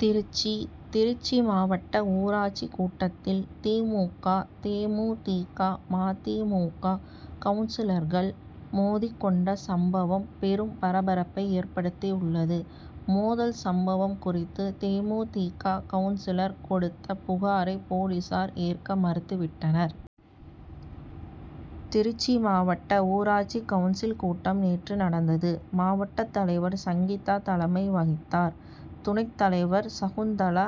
திருச்சி திருச்சி மாவட்ட ஊராட்சி கூட்டத்தில், தி. மு. க., தே. மு. தி. க., ம. தி. மு. க., கவுன்சிலர்கள் மோதிக் கொண்ட சம்பவம், பெரும் பரபரப்பை ஏற்படுத்தியுள்ளது. மோதல் சம்பவம் குறித்து, தே. மு. தி. க., கவுன்சிலர் கொடுத்த புகாரை, போலீசார் ஏற்க மறுத்து விட்டனர். திருச்சி மாவட்ட ஊராட்சி கவுன்சில் கூட்டம் நேற்று நடந்தது. மாவட்டத் தலைவர் சங்கீதா தலைமை வகித்தார். துணைத் தலைவர் சகுந்தலா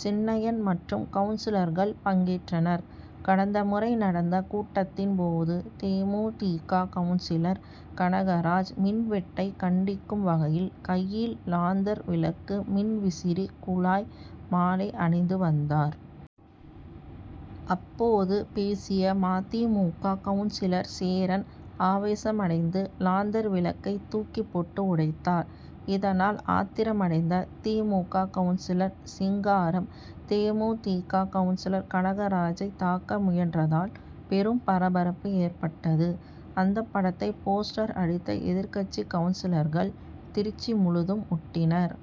சின்னையன் மற்றும் கவுன்சிலர்கள் பங்கேற்றனர். கடந்த முறை நடந்த கூட்டத்தின் போது, தே. மு. தி. க., கவுன்சிலர் கனகராஜ், மின்வெட்டை கண்டிக்கும் வகையில் கையில் லாந்தர் விளக்கு, மின்விசிறி, குழாய் மாலை அணிந்து வந்தார். அப்போது, பேசிய ம. தி. மு. க., கவுன்சிலர் சேரன் ஆவேசமடைந்து, லாந்தர் விளக்கை தூக்கி போட்டு உடைத்தார். இதனால், ஆத்திரமடைந்த தி. மு. க., கவுன்சிலர் சிங்காரம், தே. மு. தி. க., கவுன்சிலர் கனகராஜை தாக்க முயன்றதால், பெரும் பரபரப்பு ஏற்பட்டது. அந்த படத்தை போஸ்டர் அடித்த, எதிர்க்கட்சி கவுன்சிலர்கள், திருச்சி முழுதும் ஒட்டினர்.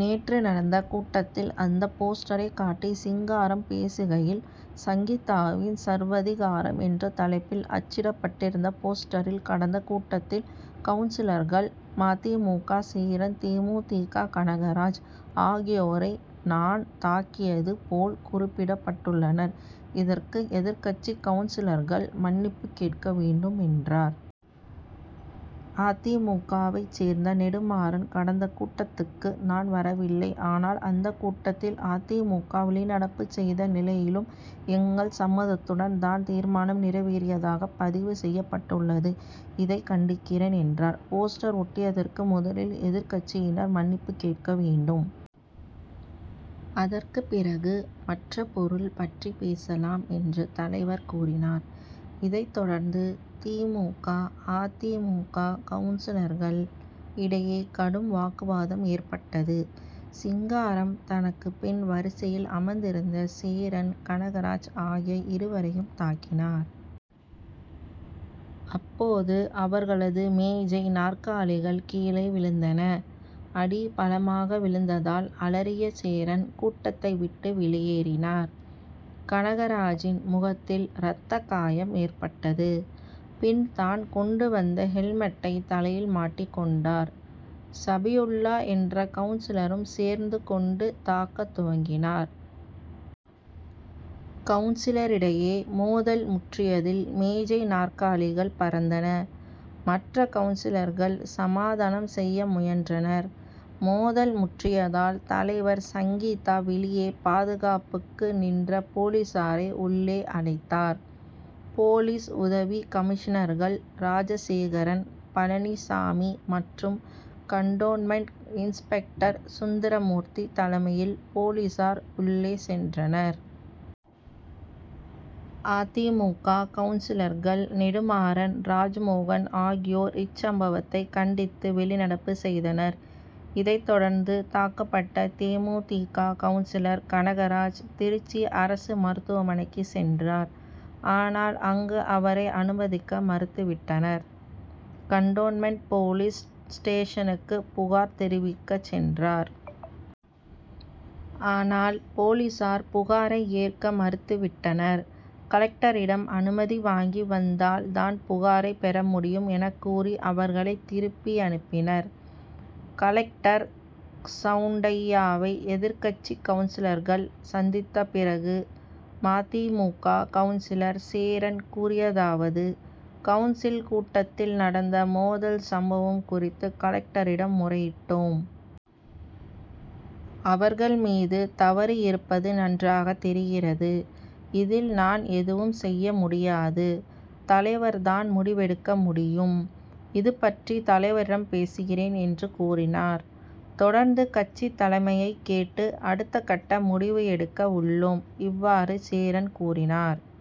நேற்று நடந்த கூட்டத்தில், அந்த போஸ்டரை காட்டி சிங்காரம் பேசுகையில், சங்கீதாவின் சர்வாதிகாரம்' என்ற தலைப்பில் அச்சிடப்பட்டிருந்த போஸ்டரில், கடந்த கூட்டத்தில், கவுன்சிலர்கள் ம. தி. மு. க., சேரன், தே. மு. தி. க., கனகராஜ் ஆகியோரை நான் தாக்கியது போல் குறிப்பிட பட்டுள்ளனர். இதற்கு எதிர்க்கட்சி கவுன்சிலர்கள் மன்னிப்புக் கேட்க வேண்டும் என்றார். அ. தி. மு. க.,வைச் சேர்ந்த நெடுமாறன், கடந்த கூட்டத்துக்கு நான் வரவில்லை. ஆனால், அந்த கூட்டத்தில் அ. தி. மு. க., வெளிநடப்பு செய்த நிலையிலும், எங்கள் சம்மதத்துடன் தான் தீர்மானம் நிறைவேறியதாக பதிவு செய்யப்பட்டுள்ளது இதை கண்டிக்கிறேன்,'' என்றார். போஸ்டர் ஒட்டியதற்கு முதலில் எதிர்க்கட்சியினர் மன்னிப்பு கேட்க வேண்டும். அதற்கு பிறகு மற்ற பொருள் பற்றி பேசலாம், என்று, தலைவர் கூறினார். இதைத் தொடர்ந்து தி. மு. க., அ. தி. மு. க., கவுன்சிலர்கள் இடையே கடும் வாக்குவாதம் ஏற்பட்டது. சிங்காரம், தனக்கு பின் வரிசையில் அமர்ந்திருந்த சேரன், கனகராஜ் ஆகிய இருவரையும் தாக்கினார். அப்போது அவர்களது மேஜை, நாற்காலிகள் கீழே விழுந்தன. அடி பலமாக விழுந்ததால், அலறிய சேரன், கூட்டத்தை விட்டு வெளியேறினார். கனகராஜின் முகத்தில் ரத்த காயம் ஏற்பட்டது. பின், தான் கொண்டு வந்த, ஹெல்மெட்டை தலையில் மாட்டிக் கொண்டார். சபியுல்லா என்ற கவுன்சிலரும் சேர்ந்து கொண்டு தாக்கத் துவங்கினார். கவுன்சிலரிடையே மோதல் முற்றியதில் மேஜை, நாற்காலிகள் பறந்தன. மற்ற கவுன்சிலர்கள் சமாதானம் செய்ய முயன்றனர். மோதல் முற்றியதால், தலைவர் சங்கீதா, வெளியே பாதுகாப்புக்கு நின்ற போலீசாரை உள்ளே அழைத்தார். போலீஸ் உதவி கமிஷனர்கள் ராஜசேகரன், பழனிசாமி மற்றும் கன்டோன்மென்ட் இன்ஸ்பெக்டர் சுந்தரமூர்த்தி தலைமையில், போலீசார் உள்ளே சென்றனர். அ. தி. மு. க., கவுன்சிலர்கள் நெடுமாறன், ராஜ்மோகன் ஆகியோர், இச்சம்பவத்தை கண்டித்து வெளிநடப்பு செய்தனர். இதைத் தொடர்ந்து தாக்கப்பட்ட தே. மு. தி. க., கவுன்சிலர் கனகராஜ் திருச்சி அரசு மருத்துவமனைக்குச் சென்றார். ஆனால், அங்கு அவரை அனுமதிக்க மறுத்துவிட்டனர். கன்டோன்மென்ட் போலீஸ் ஸ்டேஷனுக்கு புகார் தெரிவிக்கச் சென்றார். ஆனால், போலீசார் புகாரை ஏற்க மறுத்துவிட்டனர். கலெக்டரிடம் அனுமதி வாங்கி வந்தால் தான் புகாரை பெறமுடியும்' எனக் கூறி, அவர்களை திருப்பியனுப்பினர். கலெக்டர் சவுண்டையாவை எதிர்க்கட்சி கவுன்சிலர்கள் சந்தித்த பிறகு ம. தி. மு. க., கவுன்சிலர் சேரன் கூறியதாவது கவுன்சில் கூட்டத்தில் நடந்த மோதல் சம்பவம் குறித்து கலெக்டரிடம் முறையிட்டோம். அவர்கள் மீது தவறு இருப்பது நன்றாக தெரிகிறது. இதில், நான் எதுவும் செய்ய முடியாது. தலைவர் தான் முடிவெடுக்க முடியும். இதுபற்றி தலைவரிடம் பேசுகிறேன்' என்று கூறினார். தொடர்ந்து கட்சித் தலைமையைக் கேட்டு அடுத்தக்கட்ட முடிவு எடுக்க உள்ளோம். இவ்வாறு சேரன் கூறினார்.